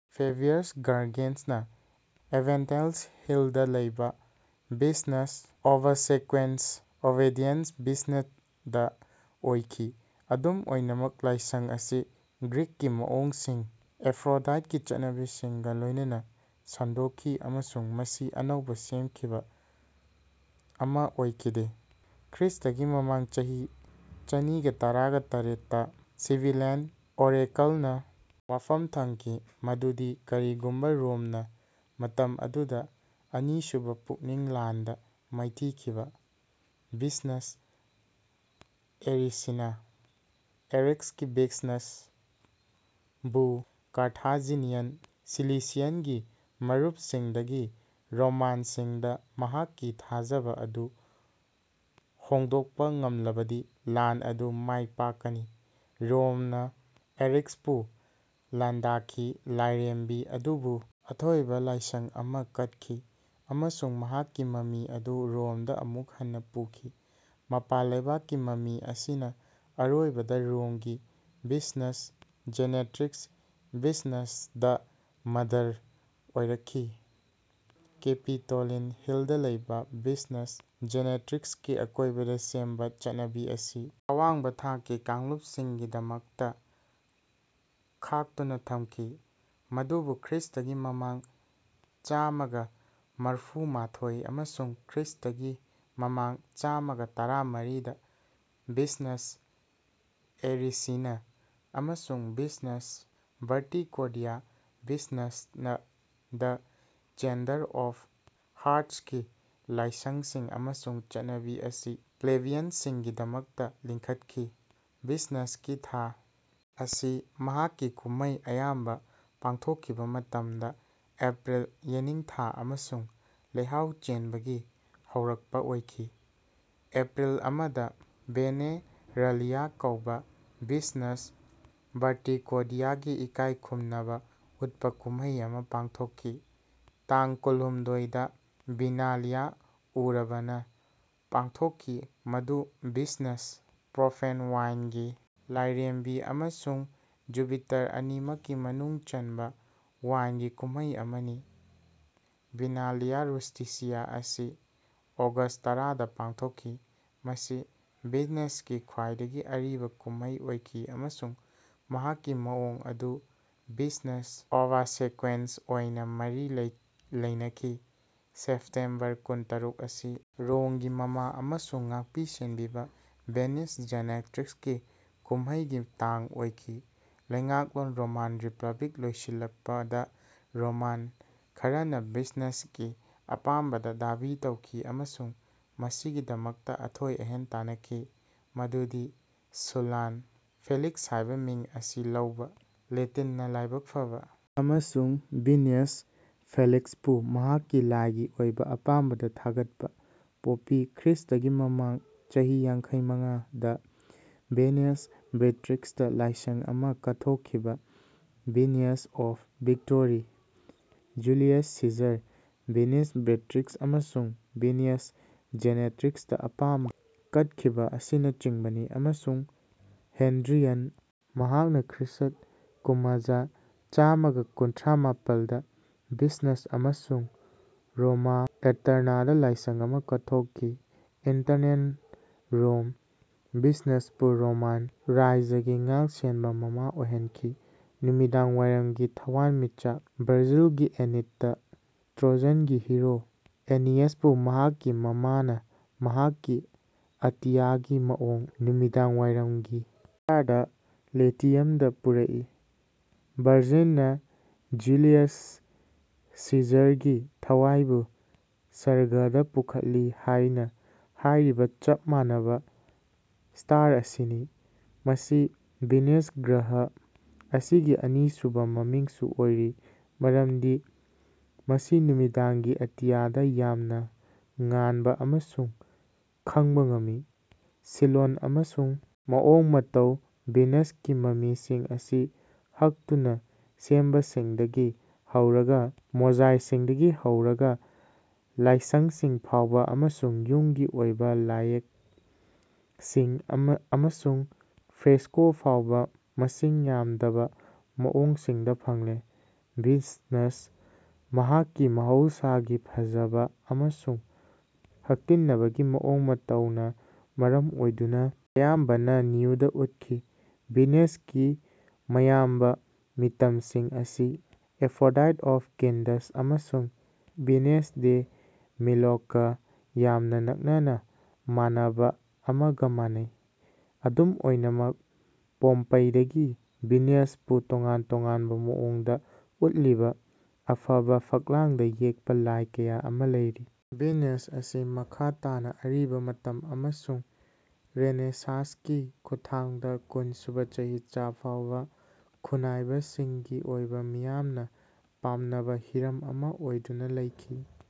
Fabius ꯒꯔꯒꯦꯁꯅ Aventine ꯍꯤꯜꯗ ꯂꯩꯕ Venus ꯑꯣꯕꯁꯦꯀ꯭ꯋꯦꯟꯁ (obedient ꯚꯤꯅꯁ)ꯗ ꯑꯣꯏꯈꯤ꯫ ꯑꯗꯨꯝ ꯑꯣꯏꯅꯃꯛ, ꯂꯥꯏꯁꯪ ꯑꯁꯤ ꯒ꯭ꯔꯤꯛꯀꯤ ꯃꯑꯣꯡꯁꯤꯡ (ꯑꯦꯐ꯭ꯔꯣꯗꯥꯏꯠꯀꯤ ꯆꯠꯅꯕꯤꯁꯤꯡ)ꯒ ꯂꯣꯏꯅꯅ ꯁꯟꯗꯣꯛꯈꯤ ꯑꯃꯁꯨꯡ ꯃꯁꯤ ꯑꯅꯧꯕ ꯁꯦꯝꯈꯤꯕ ꯑꯃ ꯑꯣꯏꯈꯤꯗꯦ꯫ ꯈ꯭ꯔꯤꯁ꯭ꯇꯒꯤ ꯃꯃꯥꯡ ꯆꯍꯤ ꯆꯅꯤꯒꯥ ꯇꯔꯥꯇꯔꯦꯠꯇ ꯁꯤꯕꯤꯂꯥꯏꯟ ꯑꯣꯔꯦꯀꯜꯅ ꯋꯥꯐꯝ ꯊꯝꯈꯤ ꯃꯗꯨꯗꯤ ꯀꯔꯤꯒꯨꯝꯕ ꯔꯣꯝꯅ (ꯃꯇꯝ ꯑꯗꯨꯗ ꯑꯅꯤꯁꯨꯕ ꯄꯨꯅꯤꯛ ꯂꯥꯟꯗ ꯃꯥꯏꯊꯤꯈꯤꯕ) ꯚꯤꯅꯁ ꯑꯦꯔꯤꯁꯤꯅꯥ (ꯑꯦꯔꯤꯛꯁꯀꯤ ꯚꯤꯅꯁ)ꯕꯨ ꯀꯥꯔꯊꯥꯖꯤꯅꯤꯌꯟ ꯁꯤꯂꯤꯁꯤꯌꯟꯒꯤ ꯃꯔꯨꯞꯁꯤꯡꯗꯒꯤ ꯔꯣꯃꯥꯟꯁꯤꯡꯗ ꯃꯍꯥꯛꯀꯤ ꯊꯥꯖꯕ ꯑꯗꯨ ꯍꯣꯡꯗꯣꯛꯄ ꯉꯝꯂꯕꯗꯤ ꯂꯥꯟ ꯑꯗꯨ ꯃꯥꯏ ꯄꯥꯛꯀꯅꯤ꯫ ꯔꯣꯝꯅ ꯑꯦꯔꯤꯛꯁꯄꯨ ꯂꯥꯟꯗꯥꯈꯤ, ꯂꯥꯏꯔꯦꯝꯕꯤ ꯑꯗꯨꯕꯨ ꯑꯊꯣꯏꯕ ꯂꯥꯏꯁꯪ ꯑꯃ ꯀꯠꯈꯤ, ꯑꯃꯁꯨꯡ ꯃꯍꯥꯛꯀꯤ ꯃꯃꯤ ꯑꯗꯨ ꯔꯣꯝꯗ ꯑꯃꯨꯛ ꯍꯟꯅ ꯄꯨꯈꯤ꯫ ꯃꯄꯥꯟ ꯂꯩꯕꯥꯛꯀꯤ ꯃꯃꯤ ꯑꯁꯤꯅ ꯑꯔꯣꯏꯕꯗ ꯔꯣꯝꯒꯤ Venus Genetrix (Venus the mother) ꯑꯣꯏꯔꯛꯈꯤ꯫ ꯀꯦꯄꯤꯇꯣꯂꯤꯟ ꯍꯤꯜꯗ ꯂꯩꯕ ꯚꯤꯅꯁ ꯖꯦꯅꯦꯇ꯭ꯔꯤꯛꯁꯀꯤ ꯑꯀꯣꯏꯕꯗ ꯁꯦꯝꯕ ꯆꯠꯅꯕꯤ ꯑꯁꯤ ꯑꯋꯥꯡꯕ ꯊꯥꯛꯀꯤ ꯀꯥꯡꯂꯨꯞꯁꯤꯡꯒꯤꯗꯃꯛꯇ ꯈꯥꯛꯇꯨꯅ ꯊꯝꯈꯤ, ꯑꯗꯨꯕꯨ ꯈ꯭ꯔꯤꯁ꯭ꯇꯒꯤ ꯃꯃꯥꯡ ꯆꯥꯝꯃꯥꯒ ꯃꯔꯐꯨꯃꯥꯊꯣꯏ ꯑꯃꯁꯨꯡ ꯈ꯭ꯔꯤꯁ꯭ꯇꯒꯤ ꯃꯃꯥꯡ ꯆꯥꯝꯃꯥꯒ ꯇꯔꯥꯃꯔꯤꯗ ꯚꯤꯅꯁ ꯑꯦꯔꯤꯁꯤꯅꯥ ꯑꯃꯁꯨꯡ Venus Verticordia (Venus the changer of ꯍꯥꯔ꯭ꯠꯁ)ꯒꯤ ꯂꯥꯏꯁꯪꯁꯤꯡ ꯑꯃꯁꯨꯡ ꯆꯠꯅꯕꯤ ꯑꯁꯤ ꯄ꯭ꯂꯦꯕꯤꯌꯟꯁꯤꯡꯒꯤꯗꯃꯛꯇ ꯂꯤꯡꯈꯠꯈꯤ꯫ ꯚꯤꯅꯁꯀꯤ ꯊꯥ ꯑꯁꯤ ꯃꯍꯥꯛꯀꯤ ꯀꯨꯝꯍꯩ ꯑꯌꯥꯝꯕ ꯄꯥꯡꯊꯣꯛꯈꯤꯕ ꯃꯇꯝꯗ ꯑꯦꯄ꯭ꯔꯤꯜ (ꯌꯦꯅꯤꯡꯊꯥ ꯑꯃꯁꯨꯡ ꯂꯩꯍꯥꯎ ꯆꯦꯟꯕꯒꯤ ꯍꯧꯔꯛꯄ) ꯑꯣꯏꯈꯤ꯫ ꯑꯦꯄ꯭ꯔꯤꯜ ꯑꯃꯗ ꯚꯦꯅꯦꯔꯥꯂꯤꯌꯥ ꯀꯧꯕ ꯚꯤꯅꯁ ꯚꯔꯇꯤꯀꯣꯔꯗꯤꯌꯥꯒꯤ ꯏꯀꯥꯏꯈꯨꯝꯅꯕ ꯎꯠꯄ ꯀꯨꯝꯍꯩ ꯑꯃ ꯄꯥꯡꯊꯣꯛꯈꯤ꯫ ꯇꯥꯡ ꯀꯨꯟꯍꯨꯝꯗꯣꯏꯗ ꯚꯤꯅꯥꯂꯤꯌꯥ ꯎꯔꯕꯥꯅꯥ ꯄꯥꯡꯊꯣꯛꯈꯤ ꯃꯗꯨ ꯚꯤꯅꯁ (ꯄ꯭ꯔꯣꯐꯦꯟ ꯋꯥꯏꯟꯒꯤ ꯂꯥꯏꯔꯦꯝꯕꯤ) ꯑꯃꯁꯨꯡ ꯖꯨꯄꯤꯇꯔ ꯑꯅꯤꯃꯛꯀꯤ ꯃꯅꯨꯡ ꯆꯟꯕ ꯋꯥꯏꯟꯒꯤ ꯀꯨꯝꯍꯩ ꯑꯃꯅꯤ꯫ ꯚꯤꯅꯥꯂꯤꯌꯥ ꯔꯨꯁ꯭ꯇꯤꯁꯤꯌꯥ ꯑꯁꯤ ꯑꯣꯒꯁ꯭ꯠ ꯇꯔꯥꯗ ꯄꯥꯡꯊꯣꯛꯈꯤ꯫ ꯃꯁꯤ ꯚꯤꯅꯁꯀꯤ ꯈ꯭ꯋꯥꯏꯗꯒꯤ ꯑꯔꯤꯕ ꯀꯨꯝꯍꯩ ꯑꯣꯏꯈꯤ ꯑꯃꯁꯨꯡ ꯃꯍꯥꯛꯀꯤ ꯃꯑꯣꯡ ꯑꯗꯨ ꯚꯤꯅꯁ ꯑꯣꯕꯁꯦꯀ꯭ꯋꯦꯟꯁ ꯑꯣꯏꯅ ꯃꯔꯤ ꯂꯩꯅꯈꯤ꯫ ꯁꯦꯞꯇꯦꯝꯕꯔ ꯀꯨꯟꯇꯔꯨꯛ ꯑꯁꯤ ꯔꯣꯝꯒꯤ ꯃꯃꯥ ꯑꯃꯁꯨꯡ ꯉꯥꯛꯄꯤ-ꯁꯦꯟꯕꯤꯕ ꯚꯤꯅꯁ ꯖꯦꯅꯦꯇ꯭ꯔꯤꯛꯁꯀꯤ ꯀꯨꯝꯍꯩꯒꯤ ꯇꯥꯡ ꯑꯣꯏꯈꯤ꯫ ꯂꯩꯉꯥꯛꯂꯣꯟ ꯔꯣꯃꯥꯟ ꯔꯤꯄꯕ꯭ꯂꯤꯛ ꯂꯣꯏꯁꯤꯜꯂꯛꯄꯗ, ꯔꯣꯃꯥꯟ ꯈꯔꯅ ꯚꯤꯅꯁꯀꯤ ꯑꯄꯥꯝꯕꯗ ꯗꯥꯕꯤ ꯇꯧꯈꯤ ꯑꯃꯁꯨꯡ ꯃꯁꯤꯒꯤꯗꯃꯛꯇ ꯑꯊꯣꯏ-ꯑꯍꯦꯟ ꯇꯥꯟꯅꯈꯤ, ꯃꯗꯨꯗꯤ ꯁꯨꯜꯂꯥ (ꯐꯦꯂꯤꯛꯁ ꯍꯥꯏꯕ ꯃꯤꯡ ꯑꯁꯤ ꯂꯧꯕ, ꯂꯦꯇꯤꯟꯅ ꯂꯥꯏꯕꯛ ꯐꯕ, ꯑꯃꯁꯨꯡ ꯚꯤꯅꯁ ꯐꯦꯂꯤꯛꯁꯄꯨ ꯃꯍꯥꯛꯀꯤ ꯂꯥꯏꯒꯤ ꯑꯣꯏꯕ ꯑꯄꯥꯝꯕꯗ ꯊꯥꯒꯠꯄ), ꯄꯣꯝꯄꯤ (ꯈ꯭ꯔꯤꯁꯇꯒꯤ ꯃꯃꯥꯡ ꯆꯍꯤ ꯌꯥꯡꯈꯩꯃꯉꯥꯗ ꯚꯤꯅꯁ ꯚꯤꯛꯇ꯭ꯔꯤꯛꯁꯇ ꯂꯥꯏꯁꯪ ꯑꯃ ꯀꯠꯊꯣꯛꯈꯤꯕ- Venus of victory), Julius Caesar (Venus Victrix ꯑꯃꯁꯨꯡ ꯚꯤꯅꯁ ꯖꯦꯅꯦꯇ꯭ꯔꯤꯛꯁꯇ ꯑꯄꯥꯝꯕ ꯎꯠꯈꯤꯕ), ꯑꯁꯤꯅꯆꯤꯡꯕꯅꯤ꯫ ꯑꯃꯁꯨꯡ ꯍꯦꯗ꯭ꯔꯤꯌꯟ (ꯃꯍꯥꯛꯅ ꯈ꯭ꯔꯤꯁ꯭ꯠ ꯀꯨꯃꯖꯥ ꯆꯥꯝꯃꯥꯒ ꯀꯨꯟꯊ꯭ꯔꯥꯃꯥꯄꯜꯗ ꯚꯤꯅꯁ ꯑꯃꯁꯨꯡ ꯔꯣꯃꯥ ꯑꯦꯇꯔꯅꯥꯗ ꯂꯥꯏꯁꯪ ꯑꯃ ꯀꯠꯊꯣꯛꯈꯤ ꯏꯇꯔꯅꯦꯜ ꯔꯣꯝ ꯚꯤꯅꯁꯄꯨ ꯔꯣꯃꯥꯟ ꯔꯥꯖ꯭ꯌꯒꯤ ꯉꯥꯛꯁꯦꯟꯕ ꯃꯃꯥ ꯑꯣꯏꯍꯟꯈꯤ꯫ ꯅꯨꯃꯤꯗꯥꯡꯋꯥꯏꯔꯝꯒꯤ ꯊꯋꯥꯟꯃꯤꯆꯥꯛ ꯚꯔꯖꯤꯜꯒꯤ ꯑꯦꯅꯤꯠꯇ, ꯇ꯭ꯔꯣꯖꯟꯒꯤ ꯍꯤꯔꯣ ꯑꯦꯅꯤꯌꯥꯁꯄꯨ ꯃꯍꯥꯛꯀꯤ ꯃꯃꯥꯅ ꯃꯍꯥꯛꯀꯤ ꯑꯇꯤꯌꯥꯒꯤ ꯃꯑꯣꯡ: ꯅꯨꯃꯤꯗꯥꯡꯋꯥꯏꯔꯝꯒꯤ ꯁ꯭ꯇꯥꯔꯗ ꯂꯦꯇꯤꯌꯝꯗ ꯄꯨꯔꯛꯏ꯫ ꯚꯔꯖꯤꯜꯅ ꯖꯨꯂꯤꯌꯁ ꯁꯤꯖꯔꯒꯤ ꯊꯋꯥꯏꯕꯨ ꯁꯔꯒꯗꯥ ꯄꯨꯈꯠꯂꯤ ꯍꯥꯏꯅ ꯍꯥꯏꯔꯤꯕ ꯆꯞ ꯃꯥꯟꯅꯕ ꯁ꯭ꯇꯥꯔ ꯑꯁꯤꯅꯤ꯫ ꯃꯁꯤ ꯚꯤꯅꯁ ꯒ꯭ꯔꯍ ꯑꯁꯤꯒꯤ ꯑꯅꯤꯁꯨꯕ ꯃꯃꯤꯡꯁꯨ ꯑꯣꯏꯔꯤ ꯃꯔꯝꯗꯤ ꯃꯁꯤ ꯅꯨꯃꯤꯗꯥꯡꯒꯤ ꯑꯇꯤꯌꯥꯗ ꯌꯥꯝꯅ ꯉꯥꯟꯕ ꯑꯃꯁꯨꯡ ꯈꯪꯕ ꯉꯝꯃꯤ꯫ ꯁꯤꯟꯂꯣꯟ ꯑꯃꯁꯨꯡ ꯃꯑꯣꯡ ꯃꯇꯧ ꯚꯤꯅꯁꯀꯤ ꯃꯃꯤꯁꯤꯡ ꯑꯁꯤ ꯍꯛꯇꯨꯅ ꯁꯦꯝꯕꯁꯤꯡꯗꯒꯤ ꯍꯧꯔꯒ ꯃꯣꯖꯥꯏꯛꯁꯤꯡꯗꯒꯤ ꯍꯧꯔꯒ ꯂꯥꯏꯁꯪꯁꯤꯡ ꯐꯥꯎꯕ ꯑꯃꯁꯨꯡ ꯌꯨꯝꯒꯤ ꯑꯣꯏꯕ ꯂꯥꯏꯌꯦꯛꯁꯤꯡ ꯑꯃꯁꯨꯡ ꯐ꯭ꯔꯦꯁꯀꯣ ꯐꯥꯎꯕ ꯃꯁꯤꯡ ꯌꯥꯝꯗꯕ ꯃꯑꯣꯡꯁꯤꯡꯗ ꯐꯪꯂꯦ꯫ ꯚꯤꯅꯁ, ꯃꯍꯥꯛꯀꯤ ꯃꯍꯧꯁꯥꯒꯤ ꯐꯖꯕ ꯑꯃꯁꯨꯡ ꯍꯛꯇꯤꯟꯅꯕꯒꯤ ꯃꯑꯣꯡ ꯃꯇꯧꯅ ꯃꯔꯝ ꯑꯣꯏꯗꯨꯅ ꯑꯌꯥꯝꯕꯅ ꯅ꯭ꯌꯨꯗ ꯎꯠꯈꯤ꯫ ꯚꯤꯅꯁꯀꯤ ꯑꯌꯥꯝꯕ ꯃꯤꯇꯝꯁꯤꯡ ꯑꯁꯤ ꯑꯦꯐ꯭ꯔꯣꯗꯥꯏꯠ ꯑꯣꯐ ꯀ꯭ꯅꯤꯗꯁ ꯑꯃꯁꯨꯡ ꯚꯤꯅꯁ ꯗꯦ ꯃꯤꯂꯣꯒ ꯌꯥꯝꯅ ꯅꯛꯅꯕ ꯃꯥꯟꯅꯕ ꯑꯃꯒ ꯃꯥꯟꯅꯩ꯫ ꯑꯗꯨꯝ ꯑꯣꯏꯅꯃꯛ, ꯄꯣꯝꯄꯩꯗꯒꯤ ꯚꯤꯅꯁꯄꯨ ꯇꯣꯉꯥꯟ-ꯇꯣꯉꯥꯟꯕ ꯃꯑꯣꯡꯗ ꯎꯠꯂꯤꯕ ꯑꯐꯕ ꯐꯛꯂꯥꯡꯗ ꯌꯦꯛꯄ ꯂꯥꯏ ꯀꯌꯥ ꯑꯃ ꯂꯩꯔꯤ꯫ ꯚꯤꯅꯁ ꯑꯁꯤ ꯃꯈꯥ ꯇꯥꯅ ꯑꯔꯤꯕ ꯃꯇꯝ ꯑꯃꯁꯨꯡ ꯔꯦꯅꯦꯁꯥꯟꯁꯀꯤ ꯈꯨꯠꯊꯥꯡꯗ ꯀꯨꯟꯁꯨꯕ ꯆꯍꯤꯆꯥ ꯐꯥꯎꯕ ꯈꯨꯠꯅꯥꯏꯕꯁꯤꯡꯒꯤ ꯑꯣꯏꯅ ꯃꯤꯌꯥꯝꯅ ꯄꯥꯝꯅꯕ ꯍꯤꯔꯝ ꯑꯃ ꯑꯣꯏꯗꯨꯅ ꯂꯩꯈꯤ꯫